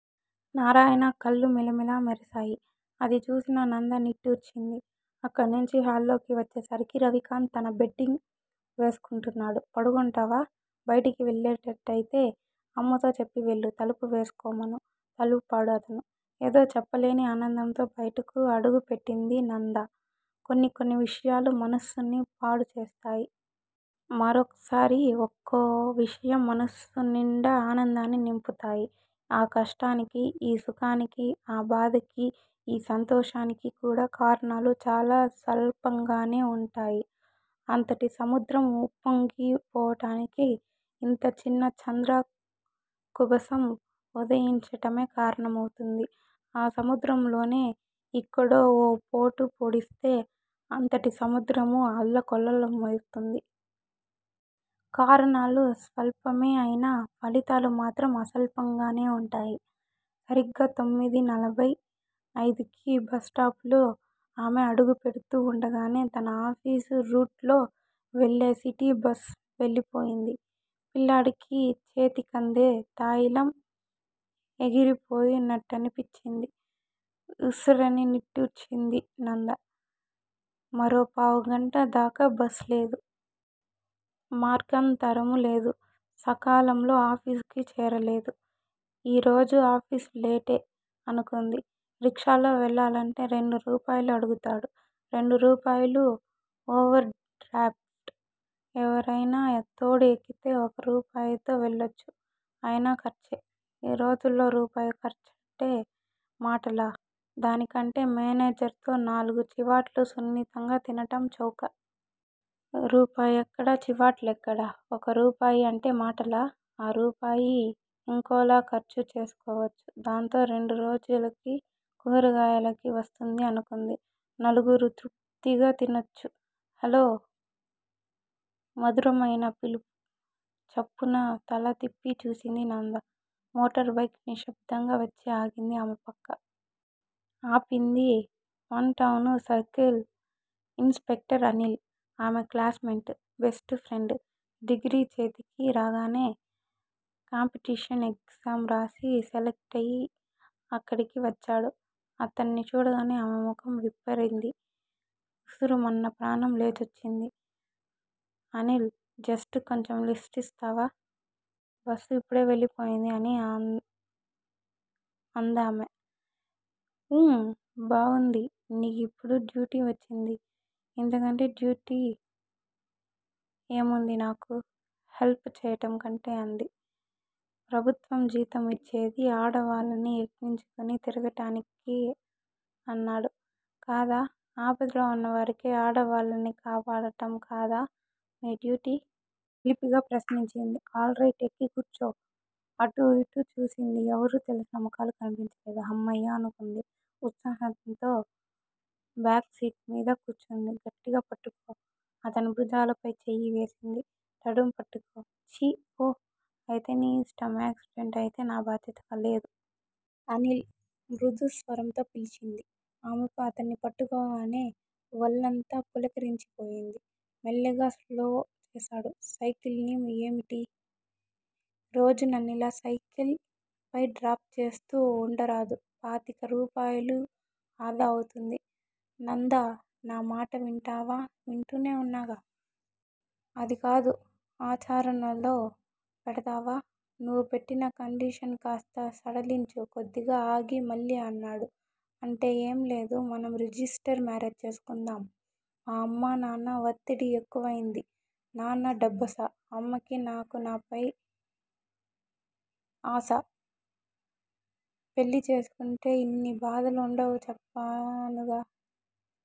నారాయణ కళ్ళు మిలమిల మెరిశాయి. అది చూసిన నంద నిట్టూర్చింది. అక్కడినుంచి హాల్లోకి వచ్చేసరికి రవికాంత్ తన బెడ్డింగ్ వేసుకుంటున్నాడు. పడుకుంటావా? బయటికి వెళ్ళేట్టయితే అమ్మతో చెప్పి వెళ్ళు తలుపు వేసుకోమను! తలూపాడు అతను! ఏదో చెప్పలేని ఆనందంతో బయటకు అడుగు పెట్టింది నంద. కొన్ని కొన్ని విషయాలు మనస్సుని పాడు చేస్తాయి. మరోకసారి ఒక్కో విషయం మనస్సునిండా ఆనందాన్ని నింపుతాయి. ఆ కష్టానికీ, ఈ సుఖానికీ, ఆ బాధకీ, ఈ సంతోషానికీ కూడా కారణాలు చాలా స్వల్పంగానే వుంటాయి. అంతటి సముద్రం ఉప్పొంగి పోవటానికి ఇంత చిన్న చంద్ర కుబుసం ఉదయించటమే కారణమవుతుంది! ఆ సముద్రంలోనే ఇక్కడో ఓ పోటు పొడిస్తే అంతటి సముద్రమూ అల్లకల్లోలమయితుంది! కారణాలు స్వల్పమే అయినా ఫలితాలు మాత్రం అసల్పంగానే వుంటాయి! సరిగ్గా తొమ్మిదీ నలభై అయిదుకి బస్టాపులో ఆమె అడుగు పెడుతూ వుండగానే తన ఆఫీసు రూట్ లో వెళ్ళే సిటీ బస్ వెళ్ళిపోయింది. పిల్లాడికి చేతికందే తాయిలం ఎగిరిపోయి నట్టనిపించింది. ఉస్సురని నిట్టూర్చింది నంద. మరో పావుగంట దాకా బస్ లేదు. మార్గాంతరము లేదు. సకాలంలో ఆఫీసుకి చేరలేదు. ఈ రోజు ఆఫీసు లేటే అనుకుంది. రిక్షాలో వెళ్ళాలంటే రెండు రూపాయలు అడుగుతాడు. రెండు రూపాయలు ఓవర్ డ్రాఫ్టే! ఎవరైనా తోడు ఎక్కితే ఒక రూపాయితో వెళ్ళొచ్చు! అయినా ఖర్చే! ఈ రోజుల్లో రూపాయి ఖర్చంటే మాటలా? దానికంటే మేనేజర్ తో నాలుగు చివాట్లు సున్నితంగా తినటం చౌక! రూపాయెక్కడ? చివాట్లెక్కడ! ఒక రూపాయి అంటే మాటలా! ఆ రూపాయి యింకోలా ఖర్చు చేసుకోవచ్చు! దాంతో రెండు రోజులకి కూరగాయలకి వస్తుంది అనుకుంది! నలుగురూ తృప్తిగా తినచ్చు. హలో! మధురమైన పిలుపు. చప్పున తల తిప్పి చూసింది నంద. మోటార్ బైక్ నిశ్శబ్దంగా వచ్చి ఆగింది ఆమె పక్క. ఆపింది one town circle inspector Anil! ఆమె classmate! Best friend! Degree చేతికి రాగానే కాంపిటేషన్ ఎగ్జామ్ రాసి సెలక్టయ్యి ఇక్కడికి వచ్చాడు. అతన్ని చూడగానే ఆమె ముఖం విప్పారింది. ఉస్సురుమన్న ప్రాణం లేచొచ్చింది. అనీల్ జస్టు కొంచెం లిఫ్ట్ ఇస్తావా? బస్సు ఇప్పుడే వెళ్ళిపోయింది అని అందామె. ఊ బావుంది! నీకిప్పుడే డ్యూటీ వచ్చింది ఇంతకంటే డ్యూటీ ఏముంది నాకు హెల్ప్ చెయ్యటం కంటే అంది. ప్రభుత్వం జీతం ఇచ్చేది ఆడవాళ్ళని ఎక్కించుకుని తిరగటానికి అన్నాడు. కాదా? ఆపదలో వున్న వారిని, ఆడవాళ్ళని కాపాడటం కాదా మీ డ్యూటీ! చిలిపిగా ప్రశ్నించింది. All right! ఎక్కి కూర్చో! అటు, ఇటు చూసింది ఎవరూ తెలిసిన ముఖాలు కన్పించలేదు. 'హమ్మయ్య' అనుకుంది. ఉత్సాహంతో బ్యాక్ సీట్ మీద కూర్చుంది. గట్టిగా పట్టుకో! అతని భుజాలపై చెయ్యి వేసింది. నడుం పట్టుకో! ఛీ! పో- అయితే నీ యిష్టం యాక్సిడెంటయితే నా బాధ్యత లేదు! అనిల్ మృదు స్వరంతో పిలిచింది. ఆమెకు అతన్ని ముట్టుకోగానే వళ్ళంతా పులకరించి పోయింది. మెల్లిగా స్లో చేశాడు సైకిల్ ని ఏమిటి? రోజూ నన్నిలా సైకిల్ పై డ్రాప్ చేస్తూ వుండరాదూ పాతిక రూపాయలు ఆదా అవుతుంది. నందా నా మాట వింటావా? వింటూనే వున్నాగా! అదికాదు ఆచరణలో పెడతావా? నువ్వు పెట్టిన కండిషన్ కాస్త సడలించు కొద్దిగా ఆగి మళ్ళీ అన్నాడు. అంటే ఏం లేదు. మనం రిజిస్టర్ మేరేజ్ చేసుకుందాం. మా అమ్మా, నాన్నా వత్తిడి ఎక్కువైంది. నాన్న డబ్బాశ! అమ్మకి నాకు నీపై ఆశ! పెళ్ళి చేసుకుంటే ఇన్ని బాధలు వుండవు చెప్పానుగా!